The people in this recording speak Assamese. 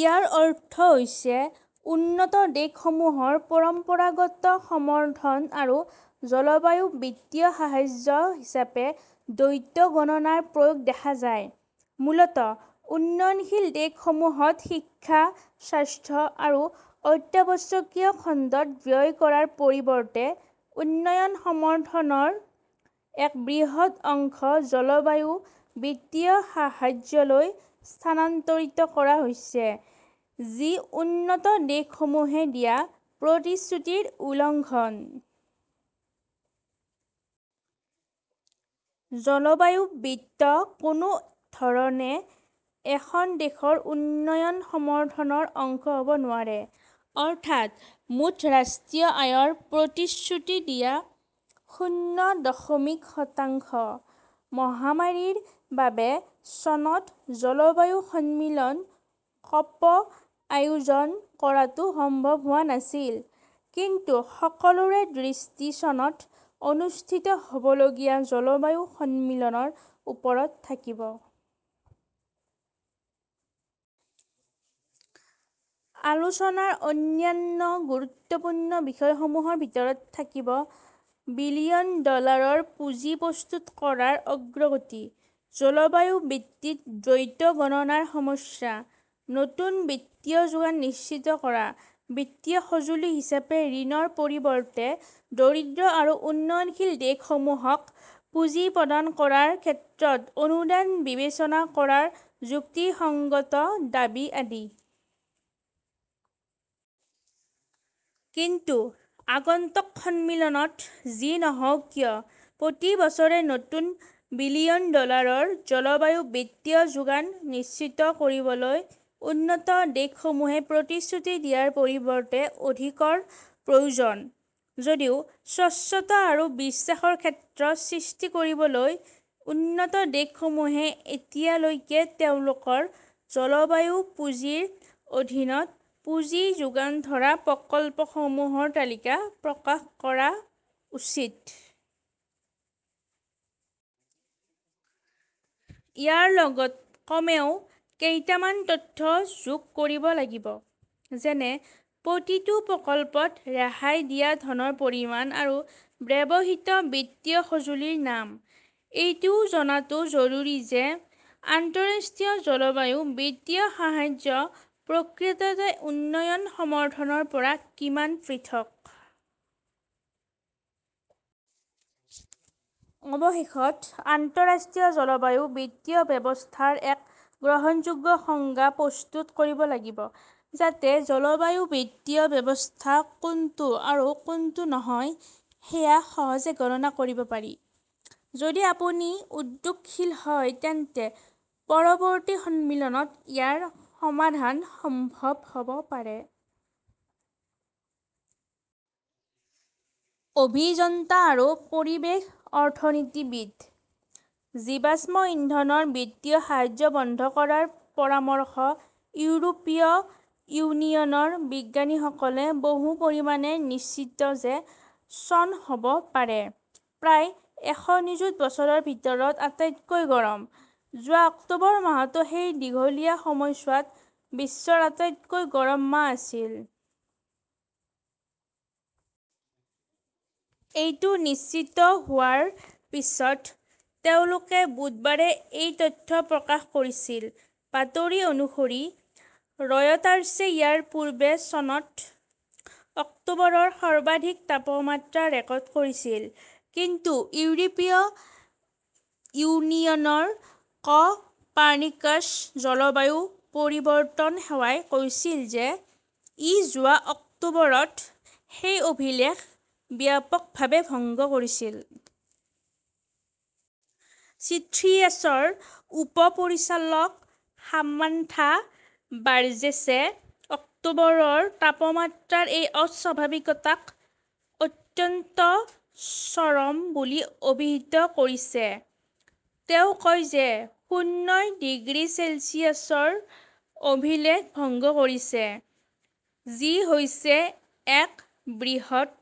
ইয়াৰ অৰ্থ হৈছে উন্নত দেশসমূহৰ পৰম্পৰাগত সমৰ্থন আৰু জলবায়ু বিত্তীয় সাহায্য হিচাপে দ্বৈত গণনাৰ প্ৰয়োগ দেখা যায়। মূলতঃ, উন্নয়নশীল দেশসমূহত শিক্ষা, স্বাস্থ্য আৰু অত্যাৱশ্যকীয় খণ্ডত ব্যয় কৰাৰ পৰিৱৰ্তে উন্নয়ন সমৰ্থনৰ এক বৃহৎ অংশ জলবায়ু বিত্তীয় সাহায্যলৈ স্থানান্তৰিত কৰা হৈছে, যি উন্নত দেশসমূহে দিয়া প্ৰতিশ্ৰুতিৰ উলংঘন। জলবায়ু বিত্ত কোনো ধৰণে এখন দেশৰ উন্নয়ন সমৰ্থনৰ অংশ হ "ব নোৱাৰে, অৰ্থাৎ মুঠ ৰাষ্ট্ৰীয় আয়ৰ প্ৰতিশ্ৰুতি দিয়া শূন্য দশমিক শতাংশ। মহামাৰীৰ বাবে চনত জলবায়ু সন্মিলন কপ- আয়োজন কৰাটো সম্ভৱ হোৱা নাছিল। কিন্তু সকলোৰে দৃষ্টি চনত অনুষ্ঠিত হ "বলগীয়া জলবায়ু সন্মিলনৰ ওপৰত থাকিব। আলোচনাৰ অন্যান্য গুৰুত্বপূৰ্ণ বিষয়সমূহৰ ভিতৰত থাকিব বিলিয়ন ডলাৰৰ পুঁজি প্ৰস্তুত কৰাৰ অগ্ৰগতি, জলবায়ু বিত্তত দ্বৈত গণনাৰ সমস্যা, নতুন বিত্তীয় যোগান নিশ্চিত কৰা, বিত্তীয় সঁজুলি হিচাপে ঋণৰ পৰিৱৰ্তে দৰিদ্ৰ আৰু উন্নয়নশীল দেশসমূহক পুঁজি প্ৰদান কৰাৰ ক্ষেত্ৰত 'অনুদান "বিবেচনা কৰাৰ যুক্তিসঙ্গত দাবী আদি। কিন্তু আগন্তুক সন্মিলনত যি নহওক কিয়, প্ৰতি বছৰে নতুন বিলিয়ন ডলাৰৰ জলবায়ু বিত্তীয় যোগান নিশ্চিত কৰিবলৈ উন্নত দেশসমূহে প্ৰতিশ্ৰুতি দিয়াৰ পৰিৱৰ্তে অধিকৰ প্ৰয়োজন। যদিও স্বচ্ছতা আৰু বিশ্বাসৰ ক্ষেত্ৰ সৃষ্টি কৰিবলৈ উন্নত দেশসমূহে এতিয়ালৈকে তেওঁলোকৰ জলবায়ু পুঁজিৰ অধীনত পুঁজি যোগান ধৰা প্ৰকল্পসমূহৰ তালিকা প্ৰকাশ কৰা উচিত। ইয়াৰ লগত কমেও কেইটামান তথ্য যোগ কৰিব লাগিব। যেনে প্ৰতিটো প্ৰকল্পত ৰেহাই দিয়া ধনৰ পৰিমাণ আৰু ব্যৱহৃত বিত্তীয় সঁজুলিৰ নাম। এইটোও জনাটো জৰুৰী যে আন্তঃৰাষ্ট্ৰীয় জলবায়ু বিত্তীয় সাহায্য প্ৰকৃততে উন্নয়ন সমৰ্থনৰ পৰা কিমান পৃথক। অৱশেষত, আন্তঃৰাষ্ট্ৰীয় জলবায়ু বিত্তীয় ব্যৱস্থাৰ এক গ্ৰহণযোগ্য সংজ্ঞা প্ৰস্তুত কৰিব লাগিব, যাতে জলবায়ু বিত্তীয় ব্যৱস্থা কোনটো আৰু কোনটো নহয় সেয়া সহজে গণনা কৰিব পাৰি। যদি আপুনি উদ্যোগশীল হয় তেন্তে পৰৱৰ্তী সন্মিলনত ইয়াৰ সমাধান সম্ভৱ হ 'ব পাৰে। অভিযন্তা আৰু পৰিৱেশ অৰ্থনীতিবিদ। জীৱাশ্ম ইন্ধনৰ বিত্তীয় সাহায্য বন্ধ কৰাৰ পৰামৰ্শ ইউৰোপীয় ইউনিয়নৰ বিজ্ঞানীসকলে বহু পৰিমাণে নিশ্চিত যে চন হ 'ব পাৰে প্ৰায় এশ নিযুত বছৰৰ ভিতৰত আটাইতকৈ গৰম। যোৱা অক্টোবৰ মাহটো সেই দীঘলীয়া সময়ছোৱাত বিশ্বৰ আটাইতকৈ গৰম মাহ আছিল। এইটো নিশ্চিত হোৱাৰ পিছত তেওঁলোকে বুধবাৰে এই তথ্য প্ৰকাশ কৰিছিল। বাতৰি অনুসৰি, ৰয়টাৰ্ছে ইয়াৰ পূৰ্বে চনত অক্টোবৰৰ সৰ্বাধিক তাপমাত্ৰা ৰেকৰ্ড কৰিছিল। কিন্তু ইউৰোপীয় ইউনিয়নৰ ক 'পাৰ্নিকাছ জলবায়ু পৰিৱৰ্তন সেৱাই কৈছিল যে ই যোৱা অক্টোবৰত সেই অভিলেখ ব্যাপকভাৱে ভংগ কৰিছিল। ছিথ্ৰিয়াছৰ উপ-পৰিচালক সামান্থা বাৰ্জেছে অক্টোবৰৰ তাপমাত্ৰাৰ এই অস্বাভাৱিকতাক 'অত্যন্ত চৰম "বুলি অভিহিত কৰিছে। তেওঁ কয় যে শূন্যই ডিগ্ৰী চেলছিয়াছৰ অভিলেখ ভংগ কৰিছে, যি হৈছে এক বৃহৎ